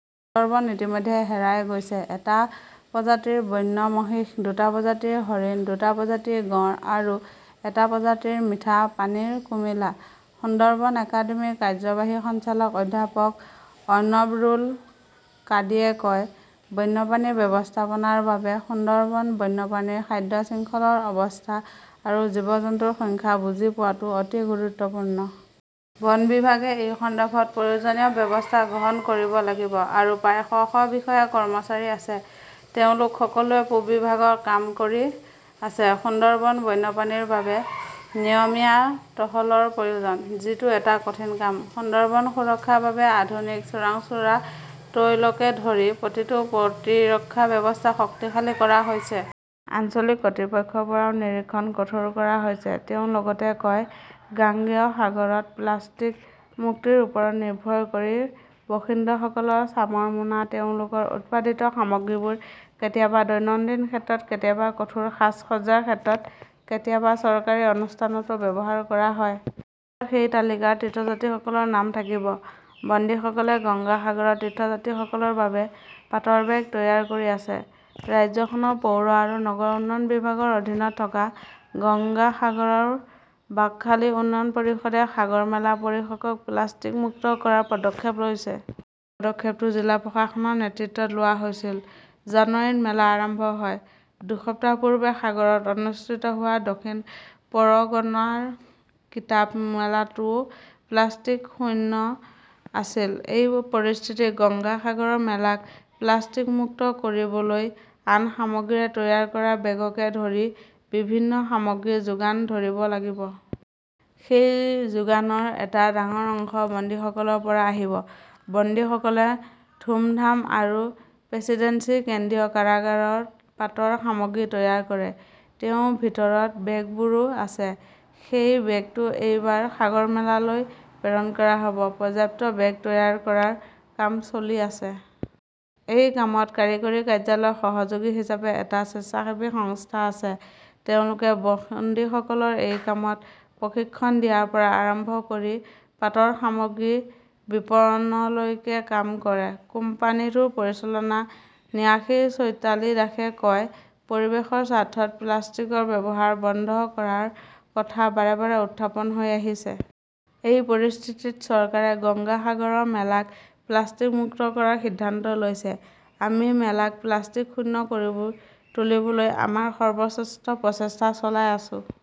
সুন্দৰবন ইতিমধ্যে হেৰাই গৈছে, এটা প্ৰজাতিৰ বন্য মহিষ, দুটা প্ৰজাতিৰ হৰিণ, দুটা প্ৰজাতিৰ গঁড় আৰু এটা প্ৰজাতিৰ মিঠা পানীৰ কুমিলা। সুন্দৰবন একাডেমীৰ কাৰ্যবাহী সঞ্চালক অধ্যাপক অনৱৰুল কাদিয়ে কয়, বন্যপ্ৰাণী ব্যৱস্থাপনাৰ বাবে সুন্দৰবনৰ বন্যপ্ৰাণী খাদ্য শৃংখলৰ অৱস্থা আৰু জীৱ-জন্তুৰ সংখ্যা বুজি পোৱাটো অতি গুৰুত্বপূৰ্ণ। বন বিভাগে এই সন্দৰ্ভত প্ৰয়োজনীয় ব্যৱস্থা গ্ৰহণ কৰিব লাগিব। আৰু প্ৰায় শ শ বিষয়া-কৰ্মচাৰী আছে। তেওঁলোক সকলোৱে পূব বিভাগত কাম কৰি আছে। সুন্দৰবনৰ বন্যপ্ৰাণীৰ বাবে নিয়মীয়া টহলৰ প্ৰয়োজন। যিটো এটা কঠিন কাম। সুন্দৰবন সুৰক্ষাৰ বাবে আধুনিক চোৰাংচোৱা টহলকে ধৰি প্ৰতিটো প্ৰতিৰক্ষা ব্যৱস্থা শক্তিশালী কৰা হৈছে। আঞ্চলিক কৰ্তৃপক্ষৰ পৰাও নিৰীক্ষণ কঠোৰ কৰা হৈছে, তেওঁ লগতে কয় গাঙ্গেয় সাগৰত প্লাষ্টিক-মুক্তিৰ ওপৰত নিৰ্ভৰ কৰি বন্দীসকলৰ চামৰ মোনা তেওঁলোকৰ উৎপাদিত সামগ্ৰীবোৰ কেতিয়াবা দৈনন্দিন ক্ষেত্ৰত, কেতিয়াবা কোঠাৰ সাজ-সজ্জাৰ ক্ষেত্ৰত, কেতিয়াবা চৰকাৰী অনুষ্ঠানতো ব্যৱহাৰ কৰা হয়। এইবাৰ সেই তালিকাত তীৰ্থযাত্ৰীসকলৰ নাম থাকিব। বন্দীসকলে গংগা সাগৰৰ তীৰ্থযাত্ৰীসকলৰ বাবে পাটৰ বেগ তৈয়াৰ কৰি আছে। ৰাজ্যখনৰ পৌৰ আৰু নগৰ উন্নয়ন বিভাগৰ অধীনত থকা গংগা সাগৰ বাকহালী উন্নয়ন পৰিষদে সাগৰমেলা পৰিসৰক প্লাষ্টিক-মুক্ত কৰাৰ পদক্ষেপ লৈছে। এই পদক্ষেপটো জিলা প্ৰশাসনৰ নেতৃত্বত লোৱা হৈছিল। জানুৱাৰীত মেলা আৰম্ভ হয়। দুসপ্তাহ পূৰ্বে সাগৰত অনুষ্ঠিত হোৱা দক্ষিণ পৰগনাৰ কিতাপ মেলাটোও প্লাষ্টিক-শূন্য আছিল। এই পৰিস্থিতিত গংগা সাগৰ মেলাক প্লাষ্টিক মুক্ত কৰিবলৈ আন সামগ্ৰীৰে তৈয়াৰ কৰা বেগকে ধৰি বিভিন্ন সামগ্ৰী যোগান ধৰিব লাগিব। সেই যোগানৰ এটা ডাঙৰ অংশ বন্দীসকলৰ পৰা আহিব। বন্দীসকলে ধুমধাম আৰু প্ৰেচিডেন্সি কেন্দ্ৰীয় কাৰাগাৰত পাটৰ সামগ্ৰী তৈয়াৰ কৰে। তেওঁৰ ভিতৰত বেগবোৰো আছে। সেই বেগটো এইবাৰ সাগৰমেলালৈ প্ৰেৰণ কৰা হ'ব। পৰ্যাপ্ত বেগ তৈয়াৰ কৰাৰ কাম চলি আছে। এই কামত কাৰিকৰী কাৰ্যালয়ৰ সহযোগী হিচাপে এটা স্বেচ্ছাসেৱী সংস্থা আছে। তেওঁলোকে বন্দীসকলক এই কামত প্ৰশিক্ষণ দিয়াৰ পৰা আৰম্ভ কৰি পাটৰ সামগ্ৰীৰ বিপণনলৈকে কাম কৰে। কোম্পানীটোৰ পৰিচালনা ন্যাসী চৈতালী দাসে কয় পৰিৱেশৰ স্বাৰ্থত প্লাষ্টিকৰ ব্যৱহাৰ বন্ধ কৰাৰ কথা বাৰে -বাৰে উত্থাপন হৈ আহিছে। এই পৰিস্থিতিত চৰকাৰে গংগা সাগৰৰ মেলাক প্লাষ্টিক-মুক্ত কৰাৰ সিদ্ধান্ত লৈছে। আমি মেলাক প্লাষ্টিক-শূন্য কৰিব তুলিবলৈ আমাৰ সৰ্বশ্ৰেষ্ঠ প্ৰচেষ্টা চলাই আছোঁ।